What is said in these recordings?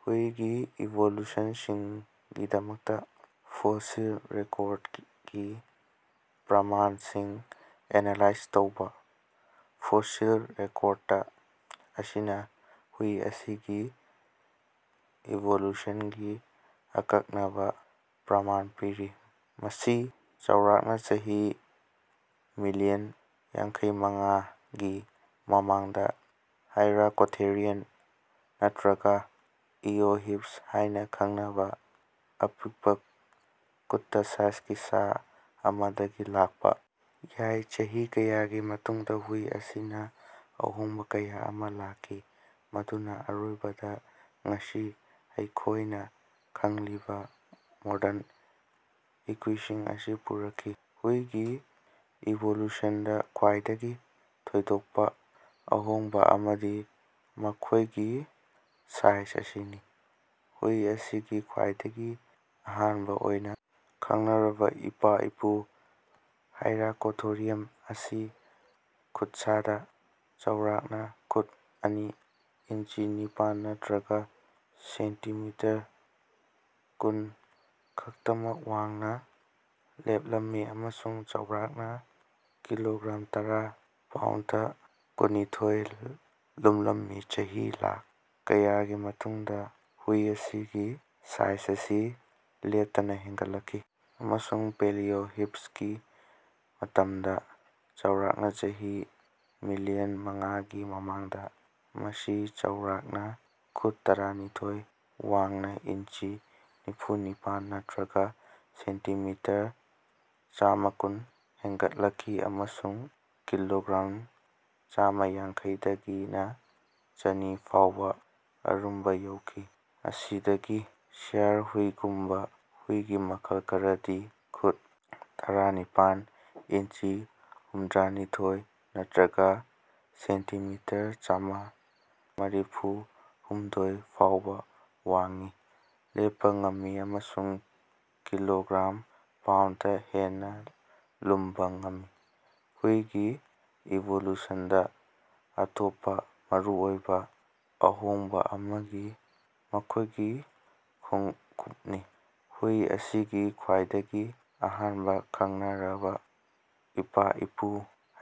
ꯍꯨꯏꯒꯤ ꯏꯚꯣꯂꯨꯁꯟꯒꯤꯗꯃꯛꯇꯥ ꯐꯣꯁꯤꯜ ꯔꯦꯀꯣꯔꯗꯀꯤ ꯄ꯭ꯔꯃꯥꯟꯁꯤꯡ ꯑꯦꯅꯥꯂꯥꯏꯖ ꯇꯧꯕ꯫ ꯐꯣꯁꯤꯜ ꯔꯦꯀꯣꯔꯗ ꯑꯁꯤꯅ ꯍꯨꯏ ꯑꯁꯤꯒꯤ ꯏꯚꯣꯂꯨꯁꯟꯒꯤ ꯑꯀꯟꯅꯕ ꯄ꯭ꯔꯃꯥꯟ ꯄꯤꯔꯤ꯫ ꯃꯁꯤ ꯆꯥꯎꯔꯥꯛꯅꯥ ꯆꯍꯤ ꯃꯤꯂꯤꯌꯟ ꯌꯥꯡꯈꯩꯃꯉꯥꯒꯤ ꯃꯃꯥꯡꯗ ꯍꯥꯏꯔꯥꯀꯣꯊꯦꯔꯤꯌꯝ ꯅꯠꯇ꯭ꯔꯒ ꯏꯑꯣꯍꯤꯄꯁ ꯍꯥꯏꯅ ꯈꯪꯅꯕ ꯑꯄꯤꯛꯄꯥ ꯀꯨꯠꯇꯥ ꯁꯥꯏꯖꯒꯤ ꯁꯥ ꯑꯃꯗꯒꯤ ꯂꯥꯛꯄꯥ ꯌꯥꯏ꯫ ꯆꯍꯤ ꯀꯌꯥꯒꯤ ꯃꯇꯨꯡꯗꯥ ꯍꯨꯏ ꯑꯁꯤꯅꯥ ꯑꯍꯣꯡꯕꯥ ꯀꯌꯥ ꯑꯃꯥ ꯂꯥꯛꯈꯤ ꯃꯗꯨꯅꯥ ꯑꯔꯣꯏꯕꯗꯥ ꯉꯁꯤ ꯑꯩꯈꯣꯏꯅ ꯈꯪꯂꯤꯕ ꯃꯣꯗꯔꯟ ꯏꯀꯨꯏꯁꯤꯡ ꯑꯁꯤ ꯄꯨꯔꯛꯈꯤ꯫ ꯍꯨꯏꯒꯤ ꯏꯚꯣꯂꯨꯁꯟꯗꯥ ꯈ꯭ꯋꯥꯏꯗꯒꯤ ꯊꯣꯏꯗꯣꯛꯄꯥ ꯑꯍꯣꯡꯕꯥ ꯑꯃꯗꯤ ꯃꯈꯣꯏꯒꯤ ꯁꯥꯏꯖ ꯑꯁꯤꯅꯤ꯫ ꯍꯨꯏ ꯑꯁꯤꯒꯤ ꯈ꯭ꯋꯥꯏꯗꯒꯤ ꯑꯍꯥꯟꯕ ꯑꯣꯏꯅ ꯈꯪꯅꯔꯕ ꯏꯄꯥ-ꯏꯄꯨ ꯍꯥꯏꯔꯥꯀꯣꯊꯦꯔꯤꯌꯝ ꯑꯁꯤ ꯈꯨꯠꯁꯥꯗꯥ ꯆꯥꯎꯔꯥꯛꯅꯥ ꯈꯨꯠ ꯑꯅꯤ ꯏꯟꯆꯤ ꯅꯤꯄꯥꯟ ꯅꯠꯇ꯭ꯔꯒ ꯁꯦꯟꯇꯤꯃꯤꯇꯔ ꯀꯨꯟ ꯈꯛꯇꯃꯛ ꯋꯥꯡꯅ ꯂꯦꯞꯂꯝꯃꯤ ꯑꯃꯁꯨꯡ ꯆꯥꯎꯔꯥꯛꯅꯥ ꯀꯤꯂꯣꯒ꯭ꯔꯥꯝ ꯇꯔꯥ ꯄꯥꯎꯟꯗ ꯀꯨꯟꯅꯤꯊꯣꯏ ꯂꯨꯝꯂꯝꯃꯤ꯫ ꯆꯍꯤ ꯂꯥꯈ ꯀꯌꯥꯒꯤ ꯃꯇꯨꯡꯗꯥ ꯍꯨꯏ ꯑꯁꯤꯒꯤ ꯁꯥꯏꯖ ꯑꯁꯤ ꯂꯦꯞꯇꯅꯥ ꯍꯦꯟꯒꯠꯂꯛꯈꯤ, ꯑꯃꯁꯨꯡ ꯄ꯭ꯂꯤꯑꯣꯍꯤꯞꯁꯀꯤ ꯃꯇꯝꯗꯥ, ꯆꯥꯎꯔꯥꯛꯅꯥ ꯆꯍꯤ ꯃꯤꯂꯤꯌꯟ ꯃꯉꯥꯒꯤ ꯃꯃꯥꯡꯗꯥ, ꯃꯁꯤ ꯆꯥꯎꯔꯥꯛꯅꯥ ꯈꯨꯠ ꯇꯔꯥꯅꯤꯊꯣꯏ ꯋꯥꯡꯅ ꯏꯟꯆꯤ ꯅꯤꯐꯨꯅꯤꯄꯥꯟ ꯅꯠꯇ꯭ꯔꯒ ꯁꯦꯟꯇꯤꯃꯤꯇꯔ ꯆꯥꯃꯥꯀꯨꯟ ꯍꯦꯟꯒꯠꯂꯛꯈꯤ ꯑꯃꯁꯨꯡ ꯀꯤꯂꯣꯒ꯭ꯔꯥꯝ ꯆꯥꯃꯥꯌꯥꯡꯈꯩꯗꯒꯤꯅ ꯆꯥꯅꯤ ꯐꯥꯎꯕ ꯑꯔꯨꯝꯕ ꯌꯧꯈꯤ꯫ ꯉꯁꯤꯗꯤ ꯁꯤꯌꯥꯔ ꯍꯨꯏꯒꯨꯝꯕꯥ ꯍꯨꯏꯒꯤ ꯃꯈꯜ ꯈꯔꯗꯤ ꯈꯨꯠ ꯇꯔꯥꯅꯤꯄꯥꯟ ꯏꯟꯆꯤ ꯍꯨꯝꯗ꯭ꯔꯅꯤꯊꯣꯏ ꯅꯠꯇ꯭ꯔꯒ ꯁꯦꯟꯇꯤꯃꯤꯇꯔ ꯆꯥꯃꯥ ꯃꯔꯤꯐꯨꯍꯨꯝꯗꯣꯏ ꯐꯥꯎꯕ ꯋꯥꯡꯅ ꯂꯦꯞꯄꯥ ꯉꯝꯃꯤ ꯑꯃꯁꯨꯡ ꯀꯤꯂꯣꯒ꯭ꯔꯥꯝ ꯄꯥꯎꯟꯗ ꯍꯦꯟꯅ ꯂꯨꯝꯕ ꯉꯝꯃꯤ꯫ ꯍꯨꯏꯒꯤ ꯏꯚꯣꯂꯨꯁꯟꯗꯥ ꯑꯇꯣꯞꯄꯥ ꯃꯔꯨꯑꯣꯏꯕ ꯑꯍꯣꯡꯕ ꯑꯃꯗꯤ ꯃꯈꯣꯏꯒꯤ ꯈꯣꯡꯎꯞꯅꯤ꯫ ꯍꯨꯏ ꯑꯁꯤꯒꯤ ꯈ꯭ꯋꯥꯏꯗꯒꯤ ꯑꯍꯥꯟꯕ ꯈꯪꯅꯔꯕꯥ ꯏꯄꯥ-ꯏꯄꯨ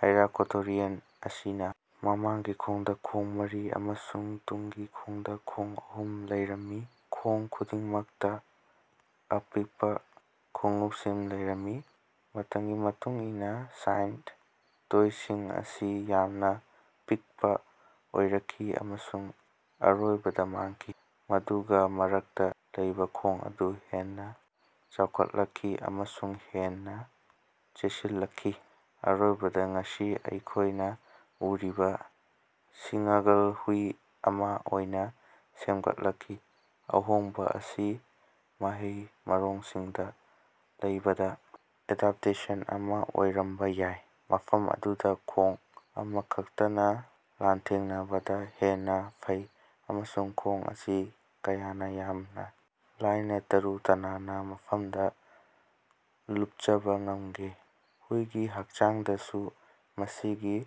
ꯍꯥꯏꯔꯥꯀꯣꯊꯦꯔꯤꯌꯝ ꯑꯁꯤꯅꯥ ꯃꯃꯥꯡꯒꯤ ꯈꯣꯡꯗꯥ ꯈꯣꯡ ꯃꯔꯤ ꯑꯃꯁꯨꯡ ꯃꯇꯨꯡꯒꯤ ꯈꯣꯡꯗꯥ ꯈꯣꯡ ꯑꯍꯨꯝ ꯂꯩꯔꯝꯃꯤ, ꯈꯣꯡ ꯈꯨꯗꯤꯡꯃꯛꯇꯥ ꯑꯄꯤꯛꯄꯥ ꯈꯣꯡꯎꯄꯁꯤꯡ ꯂꯩꯔꯝꯃꯤ꯫ ꯃꯇꯝꯒꯤ ꯃꯇꯨꯡ ꯏꯟꯅꯥ ꯁꯥꯏꯗ ꯇꯣꯏꯁꯤꯡ ꯑꯁꯤ ꯌꯥꯝꯅ ꯄꯤꯛꯄꯥ ꯑꯣꯏꯔꯛꯈꯤ ꯑꯃꯁꯨꯡ ꯑꯔꯣꯏꯕꯗ ꯃꯥꯡꯈꯤ, ꯑꯗꯨꯒ ꯃꯔꯛꯇ ꯂꯩꯕ ꯈꯣꯡ ꯑꯗꯨ ꯍꯦꯟꯅꯥ ꯆꯥꯎꯈꯠꯂꯛꯈꯤ ꯑꯃꯁꯨꯡ ꯍꯦꯟꯅꯥ ꯆꯦꯠꯁꯤꯜꯂꯛꯈꯤ, ꯑꯔꯣꯏꯕꯗꯥ ꯉꯁꯤ ꯑꯩꯈꯣꯏꯅ ꯎꯔꯤꯕ ꯁꯤꯉ꯭ꯒꯜ ꯍꯨꯏ ꯑꯃꯥ ꯑꯣꯏꯅ ꯁꯦꯝꯒꯠꯂꯛꯈꯤ꯫ ꯑꯍꯣꯡꯕ ꯑꯁꯤ ꯃꯍꯩ-ꯃꯔꯣꯡꯁꯤꯡꯗ ꯂꯩꯕꯗꯥ ꯑꯦꯗꯞꯇꯦꯁꯟ ꯑꯃꯥ ꯑꯣꯏꯔꯝꯕ ꯌꯥꯏ, ꯃꯐꯝ ꯑꯗꯨꯗ ꯈꯣꯡ ꯑꯃꯈꯛꯇꯅꯥ ꯂꯥꯟꯊꯦꯡꯅꯕꯗꯥ ꯍꯦꯟꯅꯥ ꯐꯩ ꯑꯃꯁꯨꯡ ꯈꯣꯡ ꯑꯁꯤ ꯀꯌꯥꯅꯥ ꯌꯥꯝꯅꯥ ꯂꯥꯏꯅꯥ ꯇꯔꯨ ꯇꯅꯥꯅꯕꯥ ꯃꯐꯝꯗ ꯂꯨꯞꯆꯕꯥ ꯉꯃꯗꯦ꯫ ꯍꯨꯏꯒꯤ ꯍꯥꯛꯆꯥꯡꯗꯁꯨ ꯃꯁꯤꯒꯤ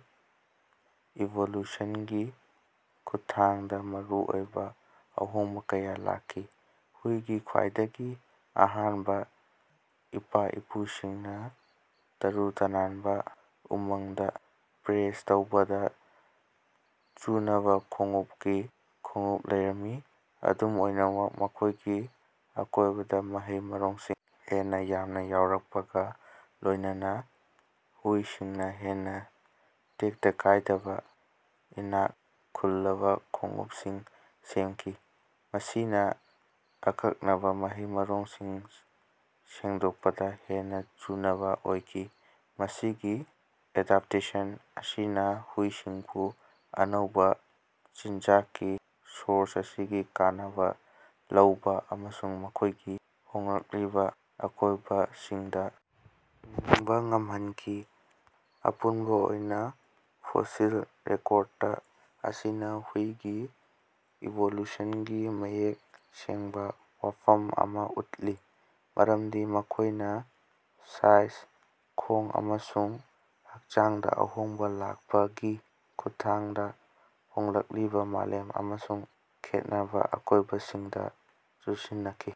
ꯏꯚꯣꯂꯨꯁꯟꯒꯤ ꯈꯨꯠꯊꯥꯡꯗ ꯃꯔꯨꯑꯣꯏꯕ ꯑꯍꯣꯡꯕ ꯀꯌꯥ ꯂꯥꯛꯈꯤ꯫ ꯍꯨꯏꯒꯤ ꯈ꯭ꯋꯥꯏꯗꯒꯤ ꯑꯍꯥꯟꯕ ꯏꯄꯥ-ꯏꯄꯨꯁꯤꯡꯅꯥ ꯇꯔꯨ ꯇꯅꯥꯅꯕꯥ ꯎꯃꯪꯗꯥ ꯕ꯭ꯔꯣꯎꯖ ꯇꯧꯕꯗ ꯆꯨꯅꯕ ꯈꯣꯡꯎꯞꯀꯤ ꯈꯣꯡꯎꯞ ꯂꯩꯔꯝꯃꯤ꯫ ꯑꯗꯨꯝ ꯑꯣꯏꯅꯃꯛ, ꯃꯈꯣꯏꯒꯤ ꯑꯀꯣꯏꯕꯗ ꯃꯍꯩ-ꯃꯔꯣꯡꯁꯤꯡ ꯍꯦꯟꯅꯥ ꯌꯥꯝꯅꯥ ꯌꯥꯎꯔꯛꯄꯒ ꯂꯣꯏꯅꯅꯥ, ꯍꯨꯏꯁꯤꯡꯅꯥ ꯍꯦꯟꯅꯥ ꯇꯦꯛꯇ ꯀꯥꯏꯗꯕꯥ ꯏꯅꯥꯛ ꯈꯨꯜꯂꯕ ꯈꯣꯡꯎꯞꯁꯤꯡ ꯁꯦꯝꯈꯤ, ꯃꯁꯤꯅꯥ ꯑꯀꯟꯅꯕ ꯃꯍꯩ-ꯃꯔꯣꯡꯁꯤꯡ ꯁꯦꯡꯗꯣꯛꯄꯗ ꯍꯦꯟꯅꯥ ꯆꯨꯅꯕ ꯑꯣꯏꯈꯤ꯫ ꯃꯁꯤꯒꯤ ꯑꯦꯗꯞꯇꯦꯁꯟ ꯑꯁꯤꯅꯥ ꯍꯨꯏꯁꯤꯡꯕꯨ ꯑꯅꯧꯕꯥ ꯆꯤꯟꯖꯥꯛꯀꯤ ꯁꯣꯔꯁ ꯑꯁꯤꯒꯤ ꯀꯥꯟꯅꯕ ꯂꯧꯕ ꯑꯃꯁꯨꯡ ꯃꯈꯣꯏꯒꯤ ꯍꯣꯡꯂꯛꯂꯤꯕ ꯑꯀꯣꯏꯕꯁꯤꯡꯗꯥ ꯍꯤꯡꯕ ꯉꯝꯍꯟꯈꯤ꯫ ꯑꯄꯨꯟꯕ ꯑꯣꯏꯅ ꯐꯣꯁꯤꯜ ꯔꯦꯀꯣꯔꯗ ꯑꯁꯤꯅ ꯍꯨꯏꯒꯤ ꯏꯚꯣꯂꯨꯁꯟꯒꯤ ꯃꯌꯦꯛ ꯁꯦꯡꯕꯥ ꯋꯥꯐꯝ ꯑꯃꯥ ꯎꯠꯂꯤ, ꯃꯔꯝꯗꯤ ꯃꯈꯣꯏꯅꯥ ꯁꯥꯏꯖ, ꯈꯣꯡ ꯑꯃꯁꯨꯡ ꯍꯥꯛꯆꯥꯡꯗ ꯑꯍꯣꯡꯕ ꯂꯥꯛꯄꯒꯤ ꯈꯨꯠꯊꯥꯡꯗꯥ ꯍꯣꯡꯂꯛꯂꯤꯕ ꯃꯥꯂꯦꯝ ꯑꯃꯁꯨꯡ ꯈꯦꯠꯅꯕ ꯑꯀꯣꯏꯕꯁꯤꯡꯗ ꯆꯨꯁꯤꯟꯅꯈꯤ꯫